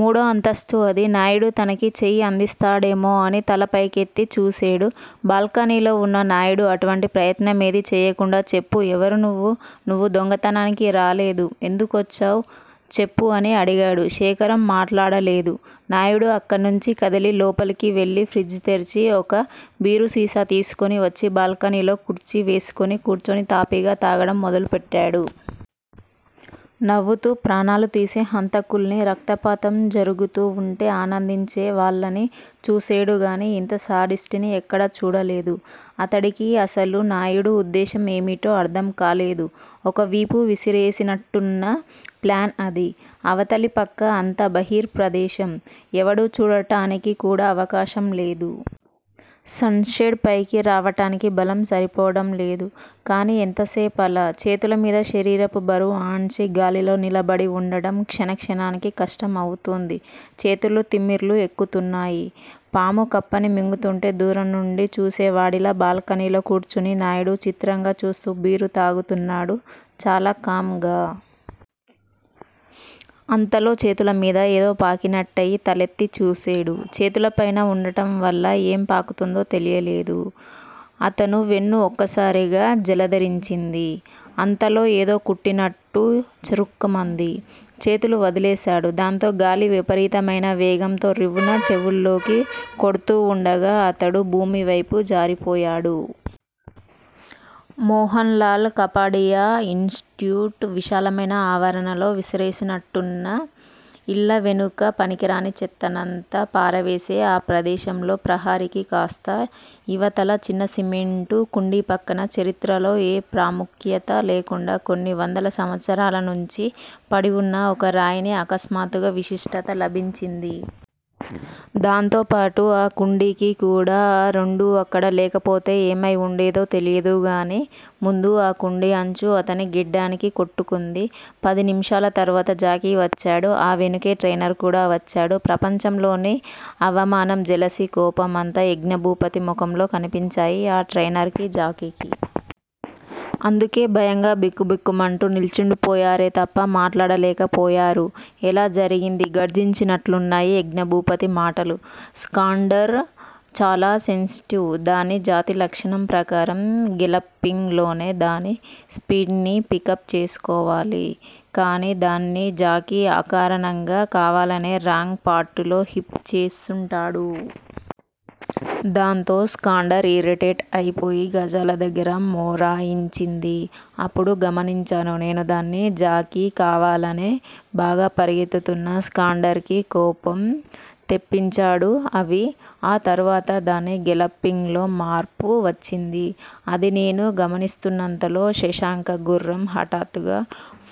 మూడో అంతస్తు అది. నాయుడు తనకి చెయ్యి అందిస్తాడేమో అని తలపైకెత్తి చూసేడు. బాల్కనీలో వున్న నాయుడు అటువంటి ప్రయత్నమేదీ చెయ్యకుండా చెప్పు, ఎవరు నువ్వు? నువ్వు దొంగతనానికి రాలేదు. ఎందుకొచ్చావ్? చెప్పు అని అడిగాడు. శేఖరం మట్లాడలేదు. నాయుడు అక్కణ్నించి కదిలి లోపలికి వెళ్ళి ఫ్రిజ్ తెరిచి ఒక బీరుసీసా తీసుకుని వచ్చి బాల్కనీలో కుర్చీ వేసుకుని కూర్చుని తాపీగా తాగటం మొదలుపెట్టాడు. నవ్వుతూ ప్రాణాలుతీసే హంతకుల్నీ, రక్తపాతం జరుగుతూ వుంటే ఆనందించే వాళ్ళనీ చూసేడు గానీ ఇంత శాడిస్టుని ఎక్కడా చూడలేదు. అతడికి అసలు నాయుడు ఉద్దేశ్యం ఏమిటో అర్థం కాలేదు. ఒకవిపు విసిరేసినట్టున్న ప్లాట్ అది. అవతలి ప్రక్క అంతా బహిర్ ప్రదేశం. ఎవడూ చూడటానికి కూడా అవకాశం లేదు. సన్- షేడ్ పైకి రావటానికి బలం సరిపోవటం లేదు. కానీ ఎంతసేపలా? చేతులమీద శరీరపు బరువు ఆన్చి, గాలిలో నిలబడి వుండడం క్షణక్షణానికి కష్టం అవుతూంది. చేతులు తిమ్మిర్లు ఎక్కుతున్నాయి. పాము కప్పని మింగుతూంటే దూరం నుంచి చూసేవాడిలా బాల్కనీలో కూర్చుని నాయుడు చిత్రంగా చూస్తూ బీరు తాగుతున్నాడు- చాలా కామ్ గా. అంతలో చేతులమీద ఏదో పాకినట్టయి తలెత్తి చూసేడు. చేతులు పైన వుండటం వల్ల ఏం పాకుతున్నదో తెలియలేదు. అతడి వెన్ను ఒక్కసారిగా జలదరించింది. అంతలో ఏదో కుట్టినట్టు చురుక్కుమంది. చేతులు వదిలేసాడు. దాంతో గాలి విపరీతమైన వేగంతో రివ్వున చెవుల్లోకి కొడ్తూవుండగా అతడు భూమివైపు జారిపోయాడు. మోహన్ లాల్ కపాడియా ఇన్ స్టిట్యూట్ విశాలమైన ఆవరణలో విసిరేసినట్టున్న ఇళ్ళ వెనుక పనికిరాని చెత్తనంతా పారవేసే ఆ ప్రదేశంలో ప్రహరీకి కాస్త ఇవతల చిన్న సిమెంట్ కుండీపక్కన, చరిత్రలో ఏ ప్రాముఖ్యత లేకుండా కొన్ని వందల సంవత్సరాలనుంచీ పడివున్న ఒక రాయికి అకస్మాత్తుగా విశిష్టత లభించింది. దాంతోపాటూ అ కుండీకి కూడా. ఆ రెండూ అక్కడ లేకపోతే ఏమై వుండేదో తెలీదుగానీ, ముందు ఆ కుండీ అంచు అతని గెడ్డానికి కొట్టుకుంది. పది నిమిషాల తరువాత వచ్చాడు జాకీ. ఆ వెనుకే ట్రైనర్ కూడా వచ్చాడు. ప్రపంచంలోని అవమానం, జెలసీ, కోపం అంతా యజ్ఞభూపతి ముఖంలో కనిపించాయి ఆ ట్రైనర్ కి, జాకీకి. అందుకే భయంగా బిక్కుబిక్కుమంటూ నిల్చుండిపోయారే తప్ప మాట్లాడలేకపోయారు. ఎలా జరిగింది? గర్జించినట్లున్నాయి యజ్ఞభూపతి మాటలు. స్కాండ్రర్ చాల సెన్సిటివ్. దాని జాతిలక్షణం ప్రకారం గెలప్పింగ్ లోనే దాని స్పీడ్ ని పికప్ చేసుకోవాలి. కాని దాన్ని జాకీ అకారణంగా కావాలనే రాంగ్ పార్టులో హిప్ చేసుంటాడు. దాంతో స్కాండ్రర్ ఇరిటేట్ అయిపోయి గజాల దగ్గర మొరాయించింది. అప్పుడు గమనించాను నేను-దాన్ని జాకీ కావాలనే బాగా పరిగెత్తుతున్న స్కాండ్రర్ కి కోపం తెప్పించాడు అవి, ఆ తరువాత దాని గేలప్పింగ్ లో మార్పు వచ్చింది. అది నేను గమనిస్తున్నంతలో శశాంక గుర్రం హఠాత్తుగా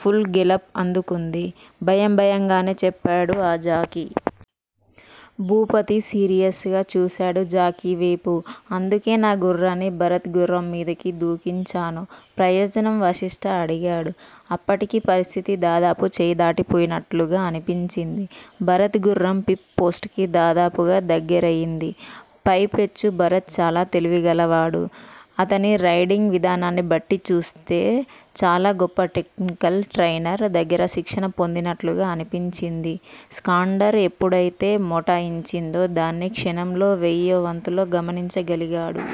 పుల్ గేలప్ అందుకుంది భయం భయంగానే చెప్పాడు ఆ జాకీ. భూపతి సీరియస్ గా చూసాడు జాకీవేపు. అందుకే నా గుర్రాన్ని భరత్ గుర్రం మీదకు దూకించాను. ప్రయోజనం వశిష్ట అడిగాడు. అప్పటికి పరిస్థితి దాదాపు చేయిదాటిపోయినట్లుగా అనిపించింది. భరత్ గుర్రం పిప్ పోస్టుకి దాదాపుగా దగ్గరయింది. పై పెచ్చు భరత్ చాలా తెలివిగలవాడు. అతని రైడింగ్ విధానాన్ని బట్టిచూస్తే చాలా గొప్ప టెక్నికల్ ట్రైనర్ దగ్గర శిక్షణ పొందినట్లుగా అనిపించింది. స్కాండ్రర్ ఎప్పుడైతే మొటాయించిందో దాన్ని క్షణంలో వెయ్యోవంతులో గమనించ గలిగాడు.